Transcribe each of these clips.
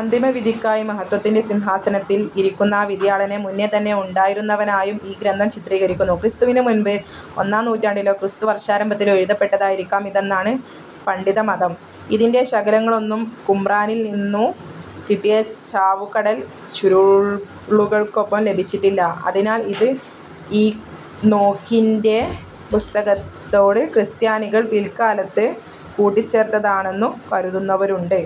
അന്തിമവിധിക്കായി മഹത്ത്വത്തിന്റെ സിംഹാസനത്തിൽ ഇരിക്കുന്ന ആ വിധിയാളനെ, മുന്നേ തന്നെ ഉണ്ടായിരുന്നവനായും ഈ ഗ്രന്ഥം ചിത്രീകരിക്കുന്നു. ക്രിസ്തുവിനു മുൻപ് ഒന്നാം നൂറ്റാണ്ടിലോ ക്രിസ്തുവർഷാരംഭത്തിലോ എഴുതപ്പെട്ടതായിരിക്കാം ഇതെന്നാണ് പണ്ഡിതമതം. ഇതിന്റെ ശകലങ്ങളൊന്നും കുമ്രാനിൽ നിന്നു കിട്ടിയ ചാവുകടൽ ചുരുളുകൾക്കൊപ്പം ലഭിച്ചിട്ടില്ല. അതിനാൽ ഇത് ഈനോക്കിന്റെ പുസ്തകത്തോട് ക്രിസ്ത്യാനികൾ പിൽക്കാലത്ത് കൂട്ടിച്ചേർത്തതാണെന്നു കരുതുന്നവരുണ്ട്.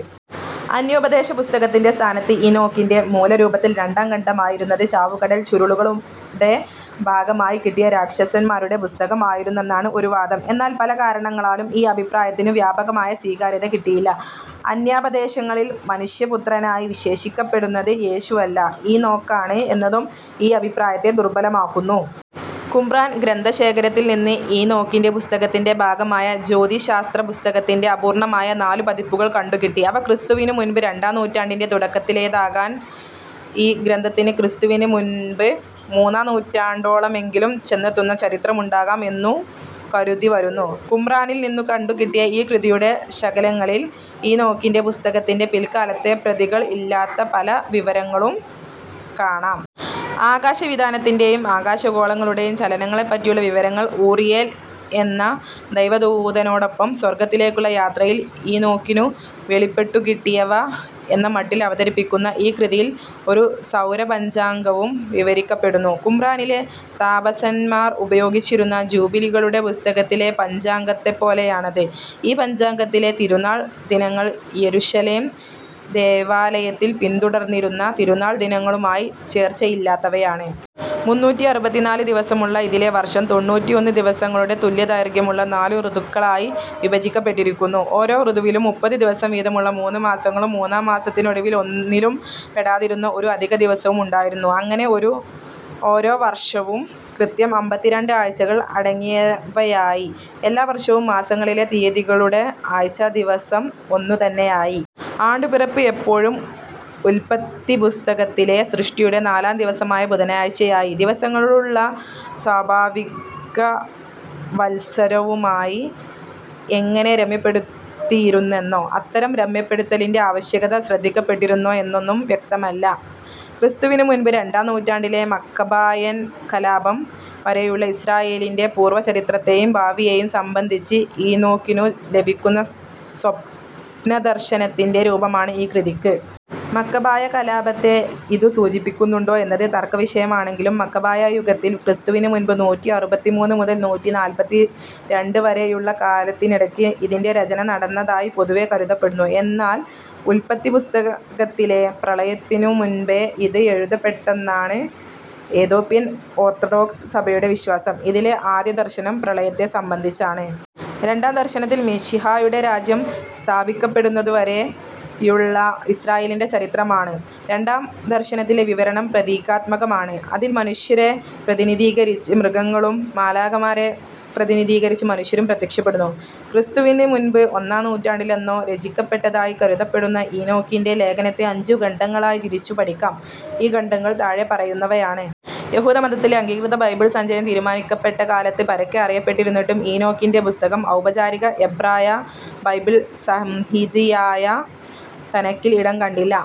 അന്യോപദേശ പുസ്തകത്തിന്റെ സ്ഥാനത്ത് ഈനോക്കിന്റെ മൂലരൂപത്തിൽ രണ്ടാം ഖണ്ഡമായിരുന്നത് ചാവുകടൽ ചുരുളുകളുടെ ഭാഗമായി കിട്ടിയ രാക്ഷസന്മാരുടെ പുസ്തകം ആയിരുന്നെന്നാണ് ഒരു വാദം. എന്നാൽ പല കാരണങ്ങളാലും, ഈ അഭിപ്രായത്തിനു വ്യാപകമായ സ്വീകാര്യത കിട്ടിയില്ല. അന്യാപദേശങ്ങളിൽ മനുഷ്യപുത്രനായി വിശേഷിക്കപ്പെടുന്നത് യേശുവല്ല ഈനോക്കാണ് എന്നതും ഈ അഭിപ്രായത്തെ ദുർബ്ബലമാക്കുന്നു. കുമ്രാൻ ഗ്രന്ഥശേഖരത്തിൽ നിന്ന് ഈനോക്കിന്റെ പുസ്തകത്തിന്റെ ഭാഗമായ ജ്യോതിശാസ്ത്രപുസ്തകത്തിന്റെ അപൂർണ്ണമായ നാലു പതിപ്പുകൾ കണ്ടുകിട്ടി. അവ ക്രിസ്തുവിനു മുൻപ് രണ്ടാം നൂറ്റാണ്ടിന്റെ തുടക്കത്തിലേതാകാൻ ഈ ഗ്രന്ഥത്തിന് ക്രിസ്തുവിന് മുൻപ് മൂന്നാം നൂറ്റാണ്ടോളമെങ്കിലും ചെന്നെത്തുന്ന ചരിത്രമുണ്ടാകാം എന്നു കരുതിവരുന്നു. കുമ്രാനിൽ നിന്നു കണ്ടുകിട്ടിയ ഈ കൃതിയുടെ ശകലങ്ങളിൽ ഈനോക്കിന്റെ പുസ്തകത്തിന്റെ പിൽക്കാലത്തെ പ്രതികളിൽ ഇല്ലാത്ത പല വിവരങ്ങളും കാണാം. അകാശവിതാനത്തിന്റേയും ആകാശഗോളങ്ങളുടേയും ചലനങ്ങളെപ്പറ്റിയുള്ള വിവരങ്ങൾ, ഊറിയേൽ എന്ന ദൈവദൂതനോടൊപ്പം സ്വർഗ്ഗത്തിലേക്കുള്ള യാത്രയിൽ ഈനോക്കിനു വെളിപ്പെട്ടുകിട്ടിയവ എന്ന മട്ടിൽ അവതരിപ്പിക്കുന്ന ഈ കൃതിയിൽ ഒരു സൗരപഞ്ചാംഗവും വിവരിക്കപ്പെടുന്നു. കുമ്രാനിലെ താപസന്മാർ ഉപയോഗിച്ചിരുന്ന ജൂബിലികളുടെ പുസ്തകത്തിലെ പഞ്ചാംഗത്തെപ്പോലെയാണത്. ഈ പഞ്ചാംഗത്തിലെ തിരുനാൾ ദിനങ്ങൾ യെരുശലേം ദേവാലയത്തിൽ പിന്തുടർന്നിരുന്ന തിരുനാൾ ദിനങ്ങളുമായി ചേർച്ചയില്ലാത്തവയാണ്. മുന്നൂറ്റിഅറുപത്തിനാല് ദിവസമുള്ള ഇതിലെ വർഷം തൊണ്ണൂറ്റിഒന്ന് ദിവസങ്ങളുടെ തുല്യദൈർഘ്യമുള്ള നാലു ഋതുക്കളായി വിഭജിക്കപ്പെട്ടിരിക്കുന്നു. ഓരോ ഋതുവിലും മുപ്പത് ദിവസം വീതമുള്ള മൂന്നു മാസങ്ങളും മൂന്നാം മാസത്തിനൊടുവിൽ ഒന്നിലും പെടാതിരുന്ന ഒരു അധികദിവസവും ഉണ്ടായിരുന്നു. അങ്ങനെഓരോ ഓരോ വർഷവും കൃത്യം അമ്പത്തിരണ്ട് ആഴ്ചകൾ അടങ്ങിയവയായി. എല്ലാ വർഷവും, മാസങ്ങളിലെ തിയതികളുടെ ആഴ്ചദിവസം ഒന്നു തന്നെയായി. ആണ്ടുപിറപ്പ് എപ്പോഴും ഉല്പത്തിപ്പുസ്തകത്തിലെ സൃഷ്ടിയുടെ നാലാം ദിവസമായ ബുധനാഴ്ചയായി. ദിവസങ്ങളുള്ള സ്വാഭാവികവത്സരവുമായി എങ്ങനെ രമ്യപ്പെടുത്തിയിരുന്നെന്നോ, അത്തരം രമ്യപ്പെടുത്തലിന്റെ ആവകശ്യകത ശ്രദ്ധിക്കപ്പെട്ടിരുന്നോ എന്നൊന്നും വ്യക്തമല്ല. ക്രിസ്തുവിനു മുൻപ് രണ്ടാം നൂറ്റാണ്ടിലെ മക്കബായൻ കലാപം വരെയുള്ള ഇസ്രായേലിന്റെ പൂർവചരിത്രത്തേയും ഭാവിയേയും സംബന്ധിച്ച് ഈനോക്കിനു ലഭിക്കുന്ന സ്വപ്നദർശനത്തിന്റെ രൂപമാണ് ഈ കൃതിയ്ക്ക്. മക്കബായ കലാപത്തെ ഇതു സൂചിപ്പിക്കുന്നുണ്ടോ എന്നത് തർക്കവിഷയമാണെങ്കിലും മക്കബായ യുഗത്തിൽ ക്രിസ്തുവിന് മുൻപ് നൂറ്റിഅറുപത്തിമൂന്ന് മുതൽ നൂറ്റിനാല്പത്തിരണ്ട്‍ വരെയുള്ള കാലത്തിനിടയ്ക്ക് ഇതിന്റെ രചന നടന്നതായി പൊതുവേ കരുതപ്പെടുന്നു. എന്നാൽ ഉല്പത്തിപ്പുസ്തകത്തിലെ പ്രളയത്തിനും മുൻപേ ഇത് എഴുതപ്പെട്ടെന്നാണ് എത്യോപ്യൻ ഓർത്തഡോക്സ് സഭയുടെ വിശ്വാസം. ഇതിലെ ആദ്യദർശനം പ്രളയത്തെ സംബന്ധിച്ചാണ്. രണ്ടാം ദർശനത്തിൽ മിശിഹായുടെ രാജ്യം സ്ഥാപിക്കപ്പെടുന്നതുവരെയുള്ള ഇസ്രായേലിന്റെ ചരിത്രമാണ്. രണ്ടാം ദർശനത്തിലെ വിവരണം പ്രതീകാത്മകമാണ്. അതിൽ മനുഷ്യരെ പ്രതിനിധീകരിച്ച് മൃഗങ്ങളും മാലാഖമാരെ പ്രതിനിധീകരിച്ച് മനുഷ്യരും പ്രത്യക്ഷപ്പെടുന്നു. ക്രിസ്തുവിന് മുൻപ് ഒന്നാം നൂറ്റാണ്ടിലെന്നോ രചിക്കപ്പെട്ടതായി കരുതപ്പെടുന്ന ഈനോക്കിന്റെ ലേഖനത്തെ അഞ്ചു ഖണ്ഡങ്ങളായി തിരിച്ചു പഠിക്കാം. ഈ ഖണ്ഡങ്ങൾ താഴെ പറയുന്നവയാണ്. യഹൂദമതത്തിലെ അംഗീകൃത ബൈബിൾ സഞ്ചയം തീരുമാനിക്കപ്പെട്ട കാലത്ത് പരക്കെ അറിയപ്പെട്ടിരുന്നിട്ടും ഈനോക്കിന്റെ പുസ്തകം ഔപചാരിക എബ്രായ ബൈബിൾ സംഹിതയായ തനക്കിൽ ഇടം കണ്ടില്ല.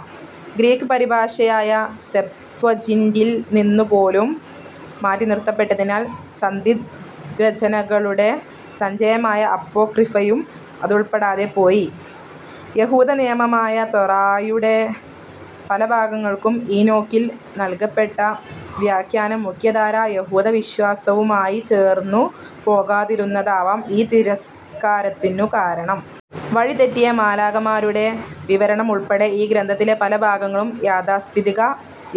ഗ്രീക്ക് പരിഭാഷയായ സെപ്ത്വജിന്റിൽ നിന്നുപോലും മാറ്റിനിർത്തപ്പെട്ടതിനാൽ സന്ദിഗ്രചനകളുടെ സഞ്ചയമായ അപ്പോക്രിഫയും അതുൾപ്പെടാതെ പോയി. യഹൂദനിയമമായ തോറായുടെ പല ഭാഗങ്ങൾക്കും ഈനോക്കിൽ നൽകപ്പെട്ട വ്യാഖ്യാനം മുഖ്യധാരാ യഹൂദവിശ്വാസവുമായി ചേർന്നു പോകാതിരുന്നതാവാം ഈ തിരസ്കാരത്തിനു കാരണം. വഴിതെറ്റിയ മാലാഖമാരുടെ വിവരണം ഉൾപ്പെടെ ഈ ഗ്രന്ഥത്തിലെ പല ഭാഗങ്ങളും യാഥാസ്ഥിതിക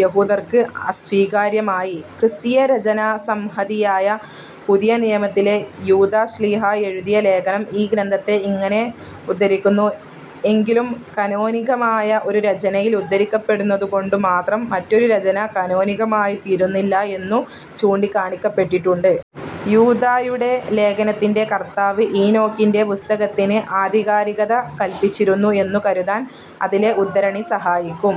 യഹൂദർക്ക് അസ്വീകാര്യമായി. ക്രിസ്തീയ രചനാസംഹതിയായ പുതിയനിയമത്തിലെ യൂദാ ശ്ലീഹാ എഴുതിയ ലേഖനം ഈ ഗ്രന്ഥത്തെ ഇങ്ങനെ ഉദ്ധരിക്കുന്നു. എങ്കിലും കാനോനികമായ ഒരു രചനയിൽ ഉദ്ധരിക്കപ്പെടുന്നതുകൊണ്ടു മാത്രം മറ്റൊരു രചന കാനോനികമായിത്തീരുന്നില്ല എന്നു ചൂണ്ടിക്കാണിക്കപ്പെട്ടിട്ടുണ്ട്. യൂദായുടെ ലേഖനത്തിന്റെ കർത്താവ് ഈനോക്കിന്റെ പുസ്തകത്തിന് ആധികാരികത കല്പിച്ചിരുന്നു എന്നു കരുതാൻ അതിലെ ഉദ്ധരണി സഹായിക്കും